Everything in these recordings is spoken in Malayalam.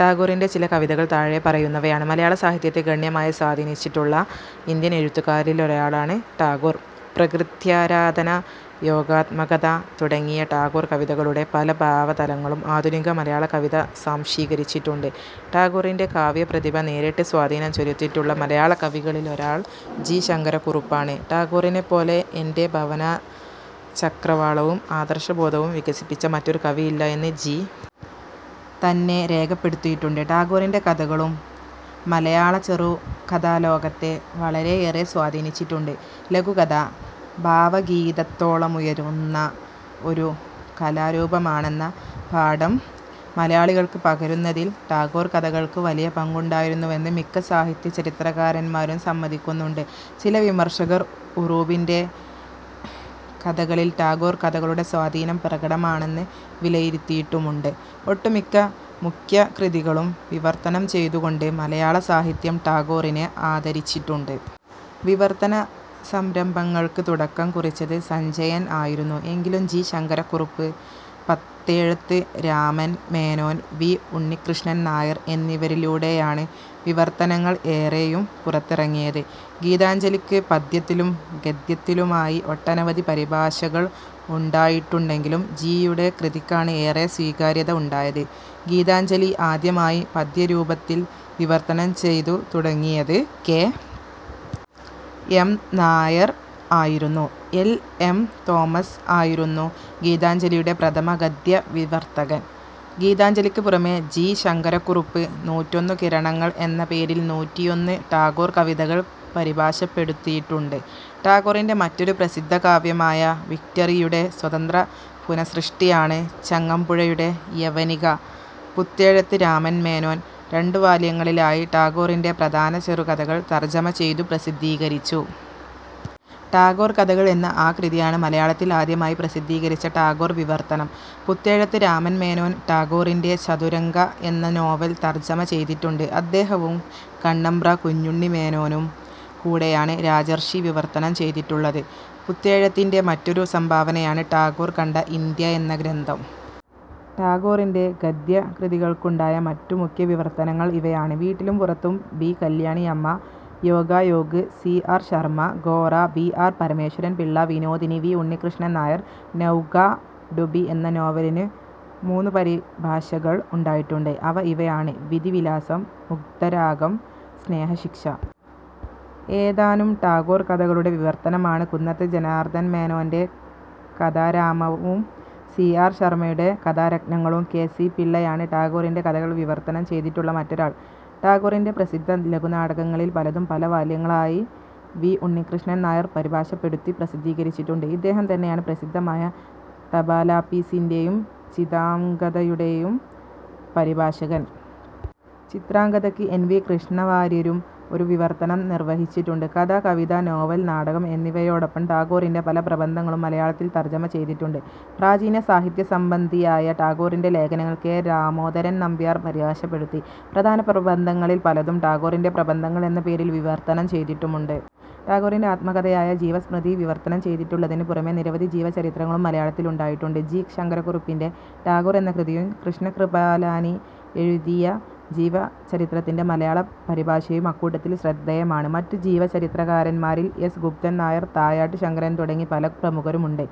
ടാഗോറിൻ്റെ ചില കവിതകൾ താഴെ പറയുന്നവയാണ്. മലയാള സാഹിത്യത്തെ ഗണ്യമായി സ്വാധീനിച്ചിട്ടുള്ള ഇന്ത്യൻ എഴുത്തുകാരിലൊരാളാണ് ടാഗോർ. പ്രകൃത്യാരാധന, യോഗാത്മകത തുടങ്ങിയ ടാഗോർ കവിതകളുടെ പല ഭാവതലങ്ങളും ആധുനിക മലയാള കവിത സ്വാംശീകരിച്ചിട്ടുണ്ട്. ടാഗോറിൻ്റെ കാവ്യപ്രതിഭ നേരിട്ട് സ്വാധീനം ചെലുത്തിയിട്ടുള്ള മലയാള കവികളിലൊരാൾ ജി. ശങ്കരക്കുറുപ്പാണ്. ടാഗോറിനെപ്പോലെ എൻ്റെ ഭാവനാചക്രവാളവും ആദർശബോധവും വികസിപ്പിച്ച മറ്റൊരു കവിയില്ല എന്ന് ജി. തന്നെ രേഖപ്പെടുത്തിയിട്ടുണ്ട്. ടാഗോറിൻ്റെ കഥകളും മലയാള ചെറുകഥാലോകത്തെ വളരെയേറെ സ്വാധീനിച്ചിട്ടുണ്ട്. ലഘുകഥ ഭാവഗീതത്തോളമുയർന്ന ഒരു കലാരൂപമാണെന്ന പാഠം മലയാളികൾക്ക് പകരുന്നതിൽ ടാഗോർ കഥകൾക്ക് വലിയ പങ്കുണ്ടായിരുന്നുവെന്ന് മിക്ക സാഹിത്യചരിത്രകാരന്മാരും സമ്മതിക്കുന്നുണ്ട്. ചില വിമർശകർ ഉറൂബിൻ്റെ കഥകളിൽ ടാഗോർ കഥകളുടെ സ്വാധീനം പ്രകടമാണെന്ന് വിലയിരുത്തിയിട്ടുമുണ്ട്. ഒട്ടുമിക്ക മുഖ്യകൃതികളും വിവർത്തനം ചെയ്തുകൊണ്ട് മലയാള സാഹിത്യം ടാഗോറിനെ ആദരിച്ചിട്ടുണ്ട്. വിവർത്തന സംരംഭങ്ങൾക്ക് തുടക്കം കുറിച്ചത് സഞ്ജയൻ ആയിരുന്നു. എങ്കിലും ജി. ശങ്കരക്കുറുപ്പ്, പുത്തേഴത്ത് രാമൻ മേനോൻ, വി. ഉണ്ണിക്കൃഷ്ണൻ നായർ എന്നിവരിലൂടെയാണ് വിവർത്തനങ്ങൾ ഏറെയും പുറത്തിറങ്ങിയത്. ഗീതാഞ്ജലിക്ക് പദ്യത്തിലും ഗദ്യത്തിലുമായി ഒട്ടനവധി പരിഭാഷകൾ ഉണ്ടായിട്ടുണ്ടെങ്കിലും ജി. യുടെ കൃതിക്കാണ് ഏറെ സ്വീകാര്യത ഉണ്ടായത്. ഗീതാഞ്ജലി ആദ്യമായി പദ്യരൂപത്തിൽ വിവർത്തനം ചെയ്തു തുടങ്ങിയത് കെ. എം. നായർ ആയിരുന്നു. എൽ. എം. തോമസ് ആയിരുന്നു ഗീതാഞ്ജലിയുടെ പ്രഥമ ഗദ്യവിവർത്തകൻ. ഗീതാഞ്ജലിക്ക് പുറമേ ജി. ശങ്കരക്കുറുപ്പ് നൂറ്റൊന്നു കിരണങ്ങൾ എന്ന പേരിൽ നൂറ്റിയൊന്ന് ടാഗോർ കവിതകൾ പരിഭാഷപ്പെടുത്തിയിട്ടുണ്ട്. ടാഗോറിൻ്റെ മറ്റൊരു പ്രസിദ്ധ കാവ്യമായ വിക്ടറിയുടെ സ്വതന്ത്ര പുനഃസൃഷ്ടിയാണ് ചങ്ങമ്പുഴയുടെ യവനിക. പുത്തേഴത്ത് രാമൻ മേനോൻ രണ്ടു വാല്യങ്ങളിലായി ടാഗോറിൻ്റെ പ്രധാന ചെറുകഥകൾ തർജ്ജമ ചെയ്തു പ്രസിദ്ധീകരിച്ചു. ടാഗോർ കഥകൾ എന്ന ആ കൃതിയാണ് മലയാളത്തിൽ ആദ്യമായി പ്രസിദ്ധീകരിച്ച ടാഗോർ വിവർത്തനം. പുത്തേഴത്ത് രാമൻ മേനോൻ ടാഗോറിൻ്റെ ചതുരംഗ എന്ന നോവൽ തർജ്ജമ ചെയ്തിട്ടുണ്ട്. അദ്ദേഹവും കണ്ണമ്പ്ര കുഞ്ഞുണ്ണിമേനോനും കൂടെയാണ് രാജർഷി വിവർത്തനം ചെയ്തിട്ടുള്ളത്. പുത്തേഴത്തിൻ്റെ മറ്റൊരു സംഭാവനയാണ് ടാഗോർ കണ്ട ഇന്ത്യ എന്ന ഗ്രന്ഥം. ടാഗോറിൻ്റെ ഗദ്യകൃതികൾക്കുണ്ടായ മറ്റു മുഖ്യവിവർത്തനങ്ങൾ ഇവയാണ്, വീട്ടിലും പുറത്തും B. Kalyaniamma, Yogayog C. R. Sharma, Gora V. R. Parameswaran Pillai, Vinodini V. Unnikrishnan Nair. Nauka Dubi എന്ന നോവലിന് മൂന്നു പരിഭാഷകൾ ഉണ്ടായിട്ടുണ്ട്. അവ ഇവയാണ് വിധി വിലാസം, മുഗ്ദ്ധരാഗം, സ്നേഹശിക്ഷ. ഏതാനും ടാഗോർ കഥകളുടെ വിവർത്തനമാണ് കുന്നത്ത് ജനാർദനമേനോൻ്റെ കഥാരാമവും സി. ആർ. ശർമയുടെ കഥാരത്നങ്ങളും. കെ. സി. പിള്ളയാണ് ടാഗോറിൻ്റെ കഥകൾ വിവർത്തനം ചെയ്തിട്ടുള്ള മറ്റൊരാൾ. ടാഗോറിൻ്റെ പ്രസിദ്ധ ലഘുനാടകങ്ങളിൽ പലതും പല വാല്യങ്ങളായി വി. ഉണ്ണിക്കൃഷ്ണൻ നായർ പരിഭാഷപ്പെടുത്തി പ്രസിദ്ധീകരിച്ചിട്ടുണ്ട്. ഇദ്ദേഹം തന്നെയാണ് പ്രസിദ്ധമായ തപാലാപ്പീസിൻ്റെയും ചിത്രാംഗദയുടെയും പരിഭാഷകൻ. ചിത്രാംഗദയ്ക്ക് എൻ. വി. കൃഷ്ണവാര്യരും ഒരു വിവർത്തനം നിർവഹിച്ചിട്ടുണ്ട്. കഥ, കവിത, നോവൽ, നാടകം എന്നിവയോടൊപ്പം ടാഗോറിൻ്റെ പല പ്രബന്ധങ്ങളും മലയാളത്തിൽ തർജ്ജമ ചെയ്തിട്ടുണ്ട്. പ്രാചീന സാഹിത്യസംബന്ധിയായ ടാഗോറിൻ്റെ ലേഖനങ്ങൾ കെ. ദാമോദരൻ നമ്പ്യാർ പരിഭാഷപ്പെടുത്തി. പ്രധാന പ്രബന്ധങ്ങളിൽ പലതും ടാഗോറിൻ്റെ പ്രബന്ധങ്ങൾ എന്ന പേരിൽ വിവർത്തനം ചെയ്തിട്ടുമുണ്ട്. ടാഗോറിൻ്റെ ആത്മകഥയായ ജീവിതസ്മൃതി വിവർത്തനം ചെയ്തിട്ടുള്ളതിന് പുറമേ നിരവധി ജീവചരിത്രങ്ങളും മലയാളത്തിലുണ്ടായിട്ടുണ്ട്. ജി. ശങ്കരക്കുറുപ്പിൻ്റെ ടാഗോർ എന്ന കൃതിയും കൃഷ്ണ കൃപാലാനി എഴുതിയ ജീവചരിത്രത്തിൻ്റെ മലയാള പരിഭാഷയും അക്കൂട്ടത്തിൽ ശ്രദ്ധേയമാണ്. മറ്റു ജീവചരിത്രകാരന്മാരിൽ എസ്. ഗുപ്തൻ നായർ, തായാട്ട് ശങ്കരൻ തുടങ്ങി പല പ്രമുഖരുമുണ്ട്.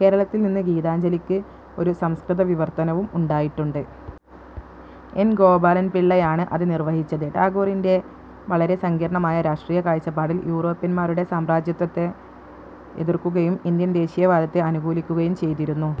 കേരളത്തിൽ നിന്ന് ഗീതാഞ്ജലിക്ക് ഒരു സംസ്കൃത വിവർത്തനവും ഉണ്ടായിട്ടുണ്ട്. എൻ. ഗോപാലപിള്ളയാണ് അത് നിർവഹിച്ചത്. ടാഗോറിൻ്റെ വളരെ സങ്കീർണ്ണമായ രാഷ്ട്രീയ കാഴ്ചപ്പാടിൽ യൂറോപ്യന്മാരുടെ സാമ്രാജ്യത്വത്തെ എതിർക്കുകയും ഇന്ത്യൻ ദേശീയവാദത്തെ അനുകൂലിക്കുകയും ചെയ്തിരുന്നു.